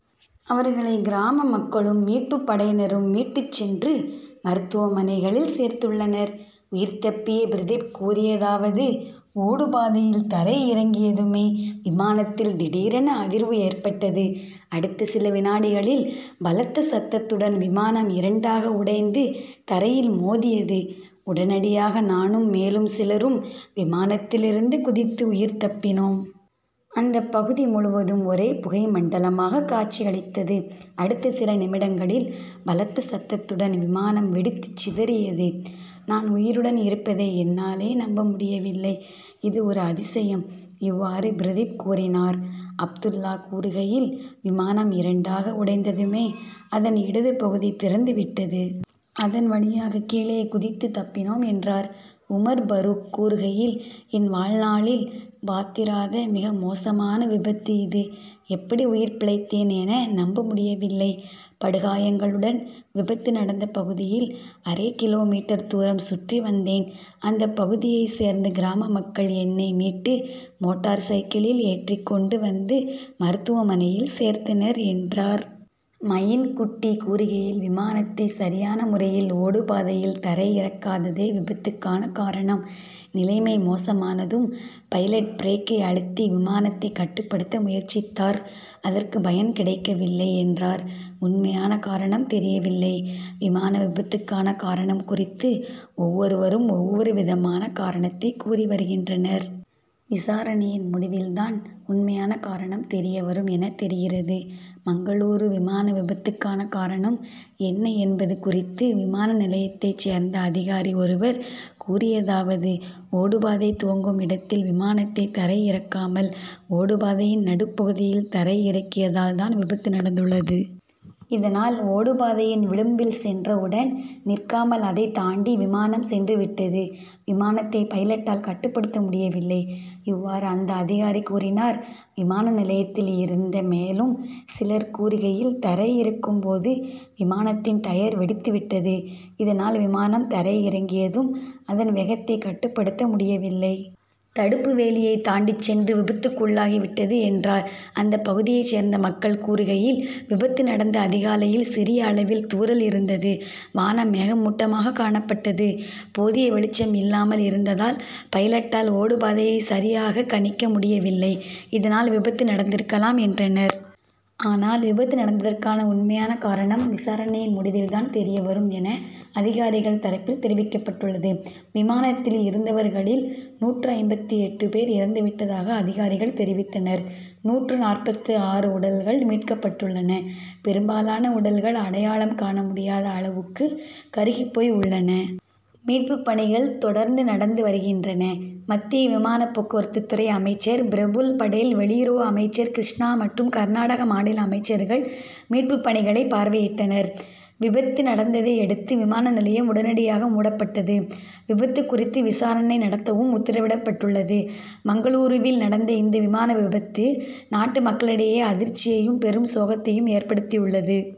அவர்களை கிராம மக்களும் மீட்பு படையினரும் மீட்டுச் சென்று மருத்துவமனைகளில் சேர்த்துள்ளனர். உயிர் தப்பிய பிரதிப் கூறியதாவது ஓடுபாதையில் தரை இறங்கியதுமே விமானத்தில் திடீரென அதிர்வு ஏற்பட்டது. அடுத்த சில வினாடிகளில் பலத்த சத்தத்துடன் விமானம் இரண்டாக உடைந்து தரையில் மோதியது. உடனடியாக நானும் மேலும் சிலரும் விமானத்திலிருந்து குதித்து உயிர் தப்பினோம். அந்த பகுதி முழுவதும் ஒரே புகை மண்டலமாக காட்சி அளித்தது. அடுத்த சில நிமிடங்களில் பலத்த சத்தத்துடன் விமானம் வெடித்து சிதறியது. நான் உயிருடன் இருப்பதை என்னாலே நம்ப முடியவில்லை. இது ஒரு அதிசயம். இவ்வாறு பிரதிப் கூறினார். அப்துல்லா கூறுகையில் விமானம் இரண்டாக உடைந்ததுமே அதன் இடது பகுதி திறந்து விட்டது. அதன் வழியாக கீழே குதித்து தப்பினோம் என்றார். உமர் பரூக் கூறுகையில் என் வாழ்நாளில் பார்த்திராத மிக மோசமான விபத்து இது. எப்படி உயிர் பிழைத்தேன் என நம்ப முடியவில்லை. படுகாயங்களுடன் விபத்து நடந்த பகுதியில் அரை கிலோமீட்டர் தூரம் சுற்றி வந்தேன். அந்த பகுதியை சேர்ந்த கிராம மக்கள் என்னை மீட்டு மோட்டார் சைக்கிளில் ஏற்றி கொண்டு வந்து மருத்துவமனையில் சேர்த்தனர் என்றார். மயின் குட்டி கூறுகையில் விமானத்தை சரியான முறையில் ஓடுபாதையில் தரை இறக்காததே விபத்துக்கான காரணம். நிலைமை மோசமானதும் பைலட் பிரேக்கை அழுத்தி விமானத்தை கட்டுப்படுத்த முயற்சித்தார். அதற்கு பயன் கிடைக்கவில்லை என்றார். உண்மையான காரணம் தெரியவில்லை. விமான விபத்துக்கான காரணம் குறித்து ஒவ்வொருவரும் ஒவ்வொரு விதமான காரணத்தை கூறி வருகின்றனர். விசாரணையின் முடிவில் தான் உண்மையான காரணம் தெரிய வரும் என தெரிகிறது. மங்களூரு விமான விபத்துக்கான காரணம் என்ன என்பது குறித்து விமான நிலையத்தைச் சேர்ந்த அதிகாரி ஒருவர் கூறியதாவது ஓடுபாதை துவங்கும் இடத்தில் விமானத்தை தரை இறக்காமல் ஓடுபாதையின் நடுப் பகுதியில் தரை இறக்கியதால் தான் விபத்து நடந்துள்ளது. இதனால் ஓடுபாதையின் விளிம்பில் சென்றவுடன் நிற்காமல் அதைத் தாண்டி விமானம் சென்று விட்டது. விமானத்தை பைலட்டால் கட்டுப்படுத்த முடியவில்லை. இவ்வாறு அந்த அதிகாரி கூறினார். விமான நிலையத்தில் இருந்த மேலும் சிலர் கூறுகையில் தரை இறக்கும் போது விமானத்தின் டயர் வெடித்து விட்டது. இதனால் விமானம் தரை இறங்கியதும் அதன் வேகத்தை கட்டுப்படுத்த முடியவில்லை. தடுப்பு வேலியை தாண்டிச் சென்று விபத்துக்குள்ளாகி விட்டது என்றார். அந்த பகுதியைச் சேர்ந்த மக்கள் கூறுகையில் விபத்து நடந்த அதிகாலையில் சிறிய அளவில் தூறல் இருந்தது. வானம் மேகமூட்டமாக காணப்பட்டது. போதிய வெளிச்சம் இல்லாமல் இருந்ததால் பைலட்டால் ஓடுபாதையை சரியாக கணிக்க முடியவில்லை. இதனால் விபத்து நடந்திருக்கலாம் என்றனர். ஆனால் விபத்து நடந்ததற்கான உண்மையான காரணம் விசாரணையின் முடிவில் தான் தெரிய வரும் என அதிகாரிகள் தரப்பில் தெரிவிக்கப்பட்டுள்ளது. விமானத்தில் இருந்தவர்களில் நூற்று ஐம்பத்து எட்டு பேர் இறந்துவிட்டதாக அதிகாரிகள் தெரிவித்தனர். நூற்று நாற்பத்து ஆறு உடல்கள் மீட்கப்பட்டுள்ளன. பெரும்பாலான உடல்கள் அடையாளம் காண முடியாத அளவுக்கு கருகிப் போய் உள்ளன. மீட்புப் பணிகள் தொடர்ந்து நடந்து வருகின்றன. மத்திய விமான போக்குவரத்துத்துறை அமைச்சர் பிரபுல் படேல் வெளியுறவு அமைச்சர் கிருஷ்ணா மற்றும் கர்நாடக மாநில அமைச்சர்கள் மீட்புப் பணிகளை பார்வையிட்டனர். விபத்து நடந்ததையடுத்து விமான நிலையம் உடனடியாக மூடப்பட்டது. விபத்து குறித்து விசாரணை நடத்தவும் உத்தரவிடப்பட்டுள்ளது. மங்களூருவில் நடந்த இந்த விமான விபத்து நாட்டு மக்களிடையே அதிர்ச்சியையும் பெரும் சோகத்தையும் ஏற்படுத்தியுள்ளது.